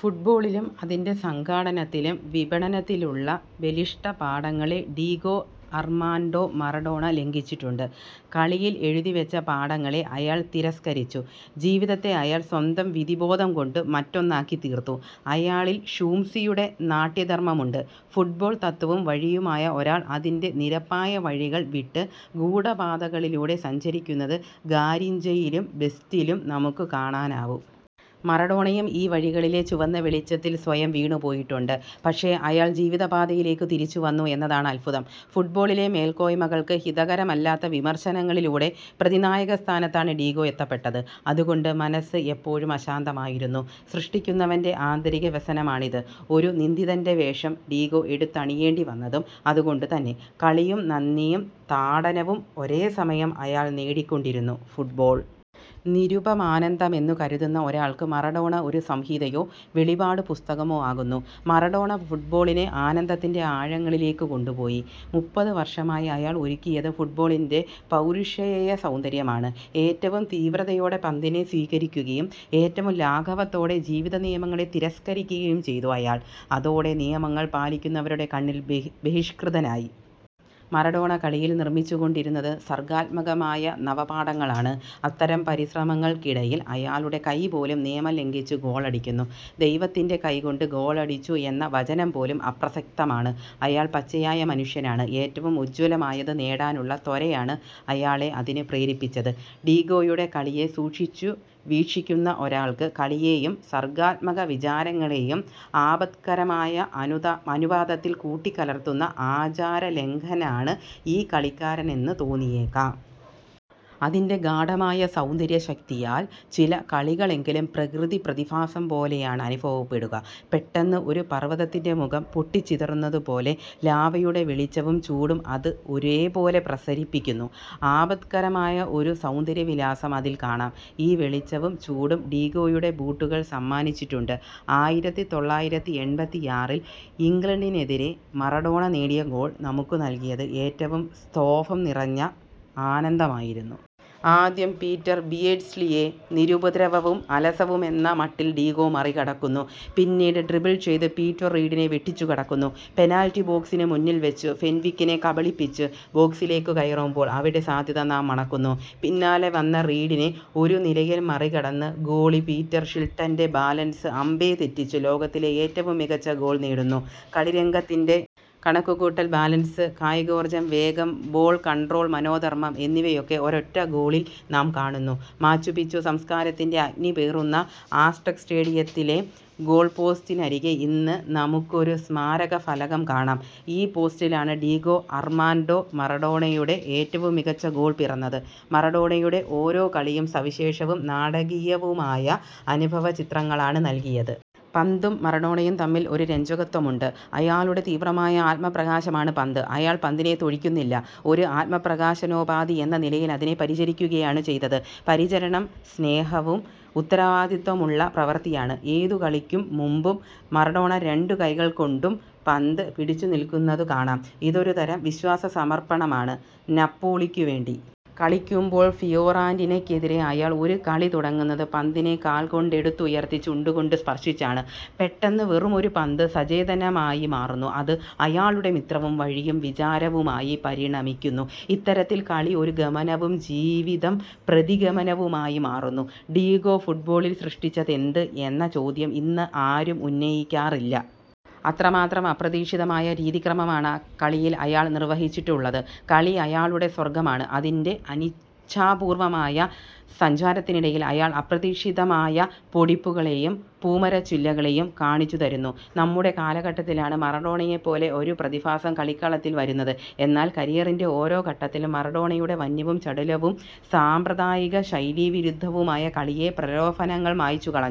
ഫുട്ബോളിലും അതിന്റെ സംഘാടനത്തിലും വിപണനത്തിലുമുള്ള ബലിഷ്ഠപാഠങ്ങളെ ഡീഗോ അർമാൻഡോ മറഡോണ ലംഘിച്ചിട്ടുണ്ട്. കളിയിൽ എഴുതിവെച്ച പാഠങ്ങളെ അയാൾ തിരസ്കരിച്ചു. ജീവിതത്തെ അയാൾ സ്വന്തം വിധിബോധംകൊണ്ട് മറ്റൊന്നാക്കിത്തീർത്തു. അയാളിൽ ഷൂംസിയുടെ നാട്യധർമമുണ്ട്. ഫുട്ബോൾ തത്ത്വവും വഴിയുമായ ഒരാൾ അതിന്റെ നിരപ്പായ വഴികൾ വിട്ട് ഗൂഢപാതകളിലൂടെ സഞ്ചരിക്കുന്നത് ഗാരിഞ്ചയിലും ബെസ്റ്റിലും നമുക്ക് കാണാനാവും. മറഡോണയും ഈ വഴികളിലെ ചുവന്ന വെളിച്ചത്തിൽ സ്വയം വീണുപോയിട്ടുണ്ട്. പക്ഷേ അയാൾ ജീവിതപ്പാതയിലേക്ക് തിരിച്ചുവന്നു എന്നതാണ് അദ്ഭുതം. ഫുട്ബോളിലെ മേൽക്കോയ്മകൾക്ക് ഹിതകരമല്ലാത്ത വിമർശനങ്ങളിലൂടെ പ്രതിനായകസ്ഥാനത്താണ് ഡീഗോ എത്തപ്പെട്ടത്. അതുകൊണ്ട് മനസ്സ് എപ്പോഴും അശാന്തമായിരുന്നു. സൃഷ്ടിക്കുന്നവന്റെ ആന്തരിക വ്യസനമാണിത്. ഒരു നിന്ദിതന്റെ വേഷം ഡീഗോ എടുത്തണിയേണ്ടിവന്നതും അതുകൊണ്ടുതന്നെ. കളിയും നന്ദിയും താഡനവും ഒരേസമയം അയാൾ നേടിക്കൊണ്ടിരുന്നു. ഫുട്ബോൾ നിരുപമാനന്ദമെന്ന് കരുതുന്ന ഒരാൾക്ക് മറഡോണ ഒരു സംഹിതയോ വെളിപാടുപുസ്തകമോ ആകുന്നു. മറഡോണ ഫുട്ബോളിനെ ആനന്ദത്തിന്റെ ആഴങ്ങളിലേക്ക് കൊണ്ടുപോയി. മുപ്പത് വർഷമായി അയാൾ ഒരുക്കിയത് ഫുട്ബോളിന്റെ പൗരുഷേയസൗന്ദര്യമാണ്. ഏറ്റവും തീവ്രതയോടെ പന്തിനെ സ്വീകരിക്കുകയും ഏറ്റവും ലാഘവത്തോടെ ജീവിതനിയമങ്ങളെ തിരസ്കരിക്കുകയും ചെയ്തു അയാൾ. അതോടെ നിയമങ്ങൾ പാലിക്കുന്നവരുടെ കണ്ണിൽ ബഹിഷ്കൃതനായി. മറഡോണ കളിയിൽ നിർമിച്ചുകൊണ്ടിരുന്നത് സർഗാത്മകമായ നവപാഠങ്ങളാണ്. അത്തരം പരിശ്രമങ്ങൾക്കിടയിൽ അയാളുടെ കൈപോലും നിയമം ലംഘിച്ച് ഗോളടിക്കുന്നു. ദൈവത്തിന്റെ കൈകൊണ്ട് ഗോളടിച്ചു എന്ന വചനംപോലും അപ്രസക്തമാണ്. അയാൾ പച്ചയായ മനുഷ്യനാണ്. ഏറ്റവും ഉജ്ജ്വലമായത് നേടാനുള്ള ത്വരയാണ് അയാളെ അതിന് പ്രേരിപ്പിച്ചത്. ഡീഗോയുടെ കളിയെ സൂക്ഷിച്ചു വീക്ഷിക്കുന്ന ഒരാൾക്ക് കളിയെയും സർഗാത്മക വിചാരങ്ങളെയും ആപത്കരമായ അനുപാതത്തിൽ കൂട്ടിക്കലർത്തുന്ന ആചാരലംഘകനാണ് ഈ കളിക്കാരനെന്ന് തോന്നിയേക്കാം. അതിന്റെ ഗാഢമായ സൗന്ദര്യശക്തിയാൽ ചില കളികളെങ്കിലും പ്രകൃതിപ്രതിഭാസം പോലെയാണ് അനുഭവപ്പെടുക. പെട്ടെന്ന് ഒരു പർവതത്തിന്റെ മുഖം പൊട്ടിച്ചിതറുന്നതുപോലെ ലാവയുടെ വെളിച്ചവും ചൂടും അത് ഒരേപോലെ പ്രസരിപ്പിക്കുന്നു. ആപത്കരമായ ഒരു സൗന്ദര്യവിലാസം അതിൽ കാണാം. ഈ വെളിച്ചവും ചൂടും ഡീഗോയുടെ ബൂട്ടുകൾ സമ്മാനിച്ചിട്ടുണ്ട്. ആയിരത്തി തൊള്ളായിരത്തി എൺപത്തിയാറിൽ ഇംഗ്ലണ്ടിനെതിരെ മറഡോണ നേടിയ ഗോൾ നമുക്ക് നൽകിയത് ഏറ്റവും സ്തോഭം നിറഞ്ഞ ആനന്ദമായിരുന്നു. ആദ്യം പീറ്റർ ബിയേർഡ്സ്ലിയെ നിരുപദ്രവവും അലസവുമെന്ന മട്ടിൽ ഡീഗോ മറികടക്കുന്നു. പിന്നീട് ഡ്രിബിൾ ചെയ്ത് പീറ്റർ റീഡിനെ വെട്ടിച്ചുകടക്കുന്നു. പെനാൽറ്റി ബോക്സിന് മുന്നിൽവെച്ച് ഫെൻവിക്കിനെ കബളിപ്പിച്ച് ബോക്സിലേക്ക് കയറുമ്പോൾ അവിടെ സാധ്യത നാം മണക്കുന്നു. പിന്നാലെ വന്ന റീഡിനെ ഒരു നിലയിൽ മറികടന്ന് ഗോളി പീറ്റർ ഷിൽട്ടന്റെ ബാലൻസ് അമ്പേ തെറ്റിച്ച് ലോകത്തിലെ ഏറ്റവും മികച്ച ഗോൾ നേടുന്നു. കളിരംഗത്തിന്റെ കണക്കുകൂട്ടൽ ബാലൻസ് കായികോർജം വേഗം ബോൾ കൺട്രോൾ മനോധർമം എന്നിവയൊക്കെ ഒരൊറ്റ ഗോളിൽ നാം കാണുന്നു. മാച്ചുപിച്ചു സംസ്കാരത്തിന്റെ അഗ്നി പേറുന്ന ആസ്ടെക് സ്റ്റേഡിയത്തിലെ ഗോൾപോസ്റ്റിനരികെ ഇന്ന് നമുക്കൊരു സ്മാരകഫലകം കാണാം. ഈ പോസ്റ്റിലാണ് ഡീഗോ അർമാൻഡോ മറഡോണയുടെ ഏറ്റവും മികച്ച ഗോൾ പിറന്നത്. മറഡോണയുടെ ഓരോ കളിയും സവിശേഷവും നാടകീയവുമായ അനുഭവചിത്രങ്ങളാണ് നൽകിയത്. പന്തും മറഡോണയും തമ്മിൽ ഒരു രഞ്ജകത്വമുണ്ട്. അയാളുടെ തീവ്രമായ ആത്മപ്രകാശമാണ് പന്ത്. അയാൾ പന്തിനെ തൊഴിക്കുന്നില്ല. ഒരു ആത്മപ്രകാശനോപാധി എന്ന നിലയിൽ അതിനെ പരിചരിക്കുകയാണ് ചെയ്തത്. പരിചരണം സ്നേഹവും ഉത്തരവാദിത്വവുമുള്ള പ്രവൃത്തിയാണ്. ഏതു കളിക്കും മുമ്പും മറഡോണ രണ്ട് കൈകൾകൊണ്ടും പന്ത് പിടിച്ചുനിൽക്കുന്നതു കാണാം. ഇതൊരു തരം വിശ്വാസസമർപ്പണമാണ്. നപ്പോളിക്കുവേണ്ടി കളിക്കുമ്പോൾ ഫിയോറന്റീനയ്ക്കെതിരെ അയാൾ ഒരു കളി തുടങ്ങുന്നത് പന്തിനെ കാൽകൊണ്ടെടുത്തുയർത്തി ചുണ്ടുകൊണ്ട് സ്പർശിച്ചാണ്. പെട്ടെന്ന് വെറുമൊരു പന്ത് സചേതനമായി മാറുന്നു. അത് അയാളുടെ മിത്രവും വഴിയും വിചാരവുമായി പരിണമിക്കുന്നു. ഇത്തരത്തിൽ കളി ഒരു ഗമനവും ജീവിതം പ്രതിഗമനവുമായി മാറുന്നു. ഡീഗോ ഫുട്ബോളിൽ സൃഷ്ടിച്ചതെന്ത് എന്ന ചോദ്യം ഇന്ന് ആരും ഉന്നയിക്കാറില്ല. അത്രമാത്രം അപ്രതീക്ഷിതമായ രീതിക്രമമാണ് കളിയിൽ അയാൾ നിർവഹിച്ചിട്ടുള്ളത്. കളി അയാളുടെ സ്വർഗമാണ്. അതിന്റെ അനിച്ഛാപൂർവമായ സഞ്ചാരത്തിനിടയിൽ അയാൾ അപ്രതീക്ഷിതമായ പൊടിപ്പുകളെയും പൂമരച്ചില്ലകളെയും കാണിച്ചുതരുന്നു. നമ്മുടെ കാലഘട്ടത്തിലാണ് മറഡോണയെപ്പോലെ ഒരു പ്രതിഭാസം കളിക്കളത്തിൽ വരുന്നത്. എന്നാൽ കരിയറിന്റെ ഓരോ ഘട്ടത്തിലും മറഡോണയുടെ വന്യവും ചടുലവും സാമ്പ്രദായിക ശൈലീവിരുദ്ധവുമായ കളിയെ പ്രലോഭനങ്ങൾ മായ്ച്ചുകളഞ്ഞു.